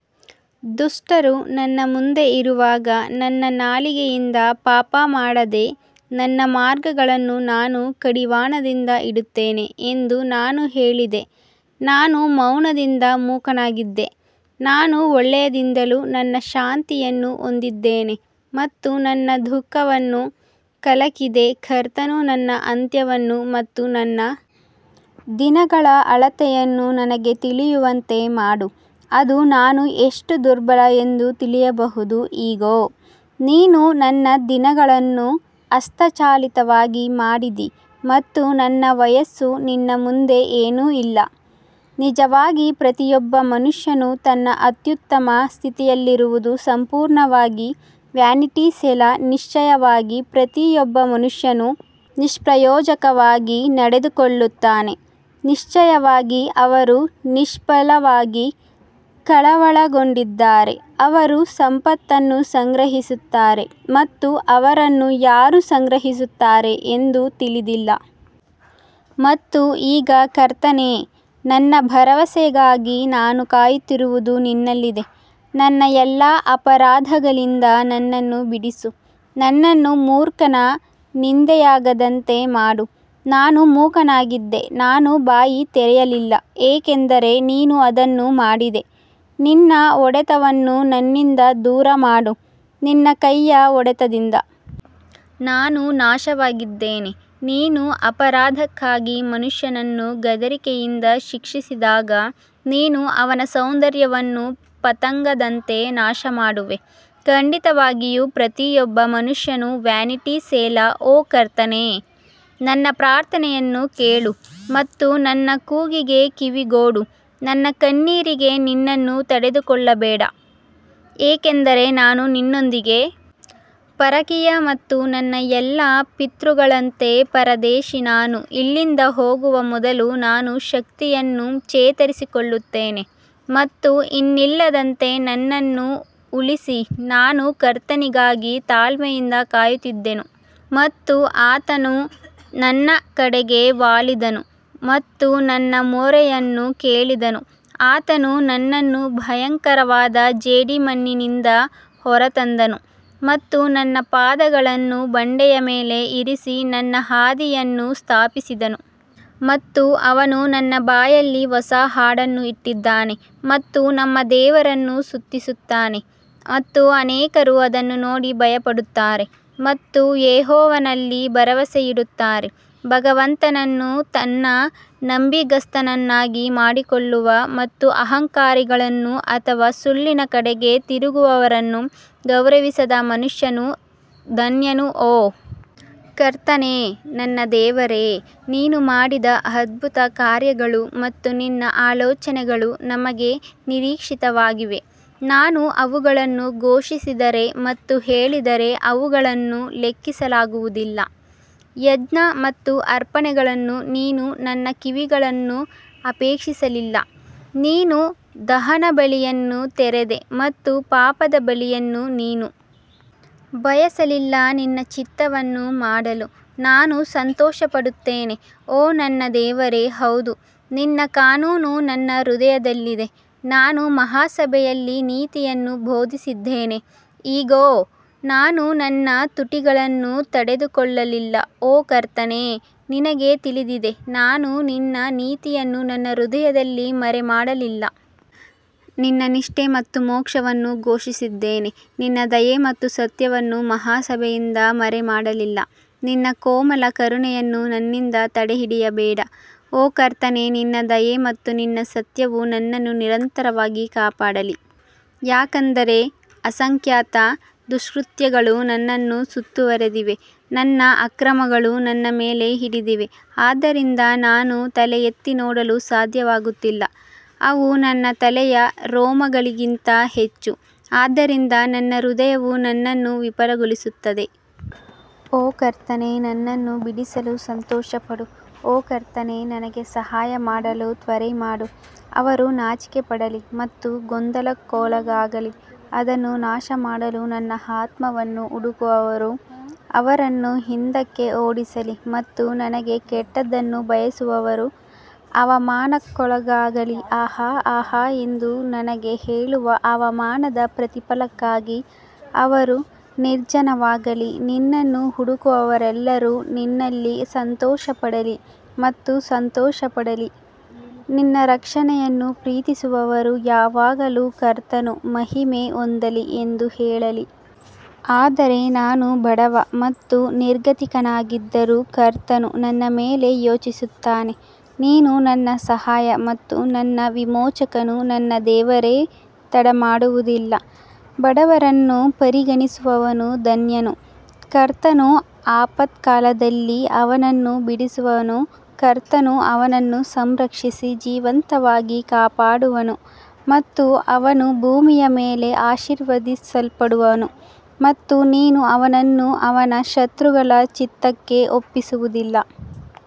ದುಷ್ಟರು ನನ್ನ ಮುಂದೆ ಇರುವಾಗ ನನ್ನ ನಾಲಿಗೆಯಿಂದ ಪಾಪ ಮಾಡದೆ ನನ್ನ ಮಾರ್ಗಗಳನ್ನು ನಾನು ಕಡಿವಾಣದಿಂದ ಇಡುತ್ತೇನೆ ಎಂದು ನಾನು ಹೇಳಿದೆ ನಾನು ಮೌನದಿಂದ ಮೂಕನಾಗಿದ್ದೆ, ನಾನು ಒಳ್ಳೆಯದಿಂದಲೂ ನನ್ನ ಶಾಂತಿಯನ್ನು ಹೊಂದಿದ್ದೇನೆ ಮತ್ತು ನನ್ನ ದುಃಖವನ್ನು ಕಲಕಿದೆ ಕರ್ತನು ನನ್ನ ಅಂತ್ಯವನ್ನು ಮತ್ತು ನನ್ನ ದಿನಗಳ ಅಳತೆಯನ್ನು ನನಗೆ ತಿಳಿಯುವಂತೆ ಮಾಡು, ಅದು ನಾನು ಎಷ್ಟು ದುರ್ಬಲ ಎಂದು ತಿಳಿಯಬಹುದು ಇಗೋ, ನೀನು ನನ್ನ ದಿನಗಳನ್ನು ಹಸ್ತಚಾಲಿತವಾಗಿ ಮಾಡಿದಿ ಮತ್ತು ನನ್ನ ವಯಸ್ಸು ನಿನ್ನ ಮುಂದೆ ಏನೂ ಇಲ್ಲ, ನಿಜವಾಗಿ ಪ್ರತಿಯೊಬ್ಬ ಮನುಷ್ಯನು ತನ್ನ ಅತ್ಯುತ್ತಮ ಸ್ಥಿತಿಯಲ್ಲಿರುವುದು ಸಂಪೂರ್ಣವಾಗಿ ವ್ಯಾನಿಟಿ ಸೆಲಾ ನಿಶ್ಚಯವಾಗಿ ಪ್ರತಿಯೊಬ್ಬ ಮನುಷ್ಯನು ನಿಷ್ಪ್ರಯೋಜಕವಾಗಿ ನಡೆದುಕೊಳ್ಳುತ್ತಾನೆ, ನಿಶ್ಚಯವಾಗಿ ಅವರು ನಿಷ್ಫಲವಾಗಿ ಕಳವಳಗೊಂಡಿದ್ದಾರೆ, ಅವರು ಸಂಪತ್ತನ್ನು ಸಂಗ್ರಹಿಸುತ್ತಾರೆ ಮತ್ತು ಅವರನ್ನು ಯಾರು ಸಂಗ್ರಹಿಸುತ್ತಾರೆ ಎಂದು ತಿಳಿದಿಲ್ಲ. ಮತ್ತು ಈಗ ಕರ್ತನೇ, ನನ್ನ ಭರವಸೆಗಾಗಿ ನಾನು ಕಾಯುತ್ತಿರುವುದು ನಿನ್ನಲ್ಲಿದೆ ನನ್ನ ಎಲ್ಲಾ ಅಪರಾಧಗಳಿಂದ ನನ್ನನ್ನು ಬಿಡಿಸು, ನನ್ನನ್ನು ಮೂರ್ಖನ ನಿಂದೆಯಾಗದಂತೆ ಮಾಡು ನಾನು ಮೂಕನಾಗಿದ್ದೆ ನಾನು ಬಾಯಿ ತೆರೆಯಲಿಲ್ಲ ಏಕೆಂದರೆ ನೀನು ಅದನ್ನು ಮಾಡಿದೆ ನಿನ್ನ ಹೊಡೆತವನ್ನು ನನ್ನಿಂದ ದೂರಮಾಡು ನಿನ್ನ ಕೈಯ ಹೊಡೆತದಿಂದ ನಾನು ನಾಶವಾಗಿದ್ದೇನೆ ನೀನು ಅಪರಾಧಕ್ಕಾಗಿ ಮನುಷ್ಯನನ್ನು ಗದರಿಕೆಯಿಂದ ಶಿಕ್ಷಿಸಿದಾಗ ನೀನು ಅವನ ಸೌಂದರ್ಯವನ್ನು ಪತಂಗದಂತೆ ನಾಶಮಾಡುವೆ, ಖಂಡಿತವಾಗಿಯೂ ಪ್ರತಿಯೊಬ್ಬ ಮನುಷ್ಯನು ವ್ಯಾನಿಟಿ ಸೆಲಾ ಓ ಕರ್ತನೇ ನನ್ನ ಪ್ರಾರ್ಥನೆಯನ್ನು ಕೇಳು ಮತ್ತು ನನ್ನ ಕೂಗಿಗೆ ಕಿವಿಗೊಡು ನನ್ನ ಕಣ್ಣೀರಿಗೆ ನಿನ್ನನ್ನು ತಡೆದುಕೊಳ್ಳಬೇಡ ಏಕೆಂದರೆ ನಾನು ನಿನ್ನೊಂದಿಗೆ ಪರಕೀಯ ಮತ್ತು ನನ್ನ ಎಲ್ಲಾ ಪಿತೃಗಳಂತೆ ಪರದೇಶಿ ನಾನು ಇಲ್ಲಿಂದ ಹೋಗುವ ಮೊದಲು ನಾನು ಶಕ್ತಿಯನ್ನು ಚೇತರಿಸಿಕೊಳ್ಳುತ್ತೇನೆ ಮತ್ತು ಇನ್ನಿಲ್ಲದಂತೆ ನನ್ನನ್ನು ಉಳಿಸಿ ನಾನು ಕರ್ತನಿಗಾಗಿ ತಾಳ್ಮೆಯಿಂದ ಕಾಯುತ್ತಿದ್ದೆನು ಮತ್ತು ಆತನು ನನ್ನ ಕಡೆಗೆ ವಾಲಿದನು ಮತ್ತು ನನ್ನ ಮೊರೆಯನ್ನು ಕೇಳಿದನು ಆತನು ನನ್ನನ್ನು ಭಯಂಕರವಾದ ಜೇಡಿಮಣ್ಣಿನಿಂದ ಹೊರತಂದನು ಮತ್ತು ನನ್ನ ಪಾದಗಳನ್ನು ಬಂಡೆಯ ಮೇಲೆ ಇರಿಸಿ ನನ್ನ ಹಾದಿಯನ್ನು ಸ್ಥಾಪಿಸಿದನು. ಮತ್ತು ಅವನು ನನ್ನ ಬಾಯಲ್ಲಿ ಹೊಸ ಹಾಡನ್ನು ಇಟ್ಟಿದ್ದಾನೆ ಮತ್ತು ನಮ್ಮ ದೇವರನ್ನು ಸ್ತುತಿಸುತ್ತಾನೆ ಮತ್ತು ಅನೇಕರು ಅದನ್ನು ನೋಡಿ ಭಯಪಡುತ್ತಾರೆ ಮತ್ತು ಯೆಹೋವನಲ್ಲಿ ಭರವಸೆಯಿಡುತ್ತಾರೆ. ಭಗವಂತನನ್ನು ತನ್ನ ನಂಬಿಗಸ್ತನನ್ನಾಗಿ ಮಾಡಿಕೊಳ್ಳುವ ಮತ್ತು ಅಹಂಕಾರಿಗಳನ್ನು ಅಥವಾ ಸುಳ್ಳಿನ ಕಡೆಗೆ ತಿರುಗುವವರನ್ನು ಗೌರವಿಸದ ಮನುಷ್ಯನು ಧನ್ಯನು ಓ ಕರ್ತನೇ, ನನ್ನ ದೇವರೇ, ನೀನು ಮಾಡಿದ ಅದ್ಭುತ ಕಾರ್ಯಗಳು ಮತ್ತು ನಿನ್ನ ಆಲೋಚನೆಗಳು ನಮಗೆ ನಿರೀಕ್ಷಿತವಾಗಿವೆ, ನಾನು ಅವುಗಳನ್ನು ಘೋಷಿಸಿದರೆ ಮತ್ತು ಹೇಳಿದರೆ ಅವುಗಳನ್ನು ಲೆಕ್ಕಿಸಲಾಗುವುದಿಲ್ಲ ಯಜ್ಞ ಮತ್ತು ಅರ್ಪಣೆಗಳನ್ನು ನೀನು ನನ್ನ ಕಿವಿಗಳನ್ನು ಅಪೇಕ್ಷಿಸಲಿಲ್ಲ, ನೀನು ದಹನಬಲಿಯನ್ನು ತೆರೆದೆ ಮತ್ತು ಪಾಪದ ಬಲಿಯನ್ನು ನೀನು ಬಯಸಲಿಲ್ಲ ನಿನ್ನ ಚಿತ್ತವನ್ನು ಮಾಡಲು ನಾನು ಸಂತೋಷಪಡುತ್ತೇನೆ ಓ ನನ್ನ ದೇವರೇ ಹೌದು ನಿನ್ನ ಕಾನೂನು ನನ್ನ ಹೃದಯದಲ್ಲಿದೆ ನಾನು ಮಹಾಸಭೆಯಲ್ಲಿ ನೀತಿಯನ್ನು ಬೋಧಿಸಿದ್ದೇನೆ ಇಗೋ ನಾನು ನನ್ನ ತುಟಿಗಳನ್ನು ತಡೆದುಕೊಳ್ಳಲಿಲ್ಲ ಓ ಕರ್ತನೇ ನಿನಗೆ ತಿಳಿದಿದೆ ನಾನು ನಿನ್ನ ನೀತಿಯನ್ನು ನನ್ನ ಹೃದಯದಲ್ಲಿ ಮರೆಮಾಡಲಿಲ್ಲ, ನಿನ್ನ ನಿಷ್ಠೆ ಮತ್ತು ಮೋಕ್ಷವನ್ನು ಘೋಷಿಸಿದ್ದೇನೆ, ನಿನ್ನ ದಯೆ ಮತ್ತು ಸತ್ಯವನ್ನು ಮಹಾ ಸಭೆಯಿಂದ ಮರೆಮಾಡಲಿಲ್ಲ ನಿನ್ನ ಕೋಮಲ ಕರುಣೆಯನ್ನು ನನ್ನಿಂದ ತಡೆಹಿಡಿಯಬೇಡ ಓ ಕರ್ತನೇ ನಿನ್ನ ದಯೆ ಮತ್ತು ನಿನ್ನ ಸತ್ಯವು ನನ್ನನ್ನು ನಿರಂತರವಾಗಿ ಕಾಪಾಡಲಿ ಯಾಕಂದರೆ ಅಸಂಖ್ಯಾತ ದುಷ್ಕೃತ್ಯಗಳು ನನ್ನನ್ನು ಸುತ್ತುವರೆದಿವೆ, ನನ್ನ ಅಕ್ರಮಗಳು ನನ್ನ ಮೇಲೆ ಹಿಡಿದಿವೆ, ಆದ್ದರಿಂದ ನಾನು ತಲೆಯೆತ್ತಿ ನೋಡಲು ಸಾಧ್ಯವಾಗುತ್ತಿಲ್ಲ, ಅವು ನನ್ನ ತಲೆಯ ರೋಮಗಳಿಗಿಂತ ಹೆಚ್ಚು, ಆದ್ದರಿಂದ ನನ್ನ ಹೃದಯವು ನನ್ನನ್ನು ವಿಫಲಗೊಳಿಸುತ್ತದೆ. ಓ ಕರ್ತನೇ ನನ್ನನ್ನು ಬಿಡಿಸಲು ಸಂತೋಷಪಡು ಓ ಕರ್ತನೇ ನನಗೆ ಸಹಾಯ ಮಾಡಲು ತ್ವರೆ ಮಾಡು ಅವರು ನಾಚಿಕೆಪಡಲಿ ಮತ್ತು ಗೊಂದಲಕ್ಕೊಳಗಾಗಲಿ, ಅದನ್ನು ನಾಶಮಾಡಲು ನನ್ನ ಆತ್ಮವನ್ನು ಹುಡುಕುವವರು ಅವರನ್ನು ಹಿಂದಕ್ಕೆ ಓಡಿಸಲಿ ಮತ್ತು ನನಗೆ ಕೆಟ್ಟದ್ದನ್ನು ಬಯಸುವವರು ಅವಮಾನಕ್ಕೊಳಗಾಗಲಿ. ಆಹಾ ಆಹಾ ಎಂದು ನನಗೆ ಹೇಳುವ ಅವಮಾನದ ಪ್ರತಿಫಲಕ್ಕಾಗಿ ಅವರು ನಿರ್ಜನವಾಗಲಿ ನಿನ್ನನ್ನು ಹುಡುಕುವವರೆಲ್ಲರೂ ನಿನ್ನಲ್ಲಿ ಸಂತೋಷಪಡಲಿ ಮತ್ತು ಸಂತೋಷಪಡಲಿ, ನಿನ್ನ ರಕ್ಷಣೆಯನ್ನು ಪ್ರೀತಿಸುವವರು ಯಾವಾಗಲೂ ಕರ್ತನು ಮಹಿಮೆ ಹೊಂದಲಿ ಎಂದು ಹೇಳಲಿ. ಆದರೆ ನಾನು ಬಡವ ಮತ್ತು ನಿರ್ಗತಿಕನಾಗಿದ್ದರೂ ಕರ್ತನು ನನ್ನ ಮೇಲೆ ಯೋಚಿಸುತ್ತಾನೆ ನೀನು ನನ್ನ ಸಹಾಯ ಮತ್ತು ನನ್ನ ವಿಮೋಚಕನು ನನ್ನ ದೇವರೇ ತಡಮಾಡುವುದಿಲ್ಲ ಬಡವರನ್ನು ಪರಿಗಣಿಸುವವನು ಧನ್ಯನು, ಕರ್ತನು ಆಪತ್ಕಾಲದಲ್ಲಿ ಅವನನ್ನು ಬಿಡಿಸುವನು ಕರ್ತನು ಅವನನ್ನು ಸಂರಕ್ಷಿಸಿ ಜೀವಂತವಾಗಿ ಕಾಪಾಡುವನು ಮತ್ತು ಅವನು ಭೂಮಿಯ ಮೇಲೆ ಆಶೀರ್ವದಿಸಲ್ಪಡುವನು ಮತ್ತು ನೀನು ಅವನನ್ನು ಅವನ ಶತ್ರುಗಳ ಚಿತ್ತಕ್ಕೆ ಒಪ್ಪಿಸುವುದಿಲ್ಲ.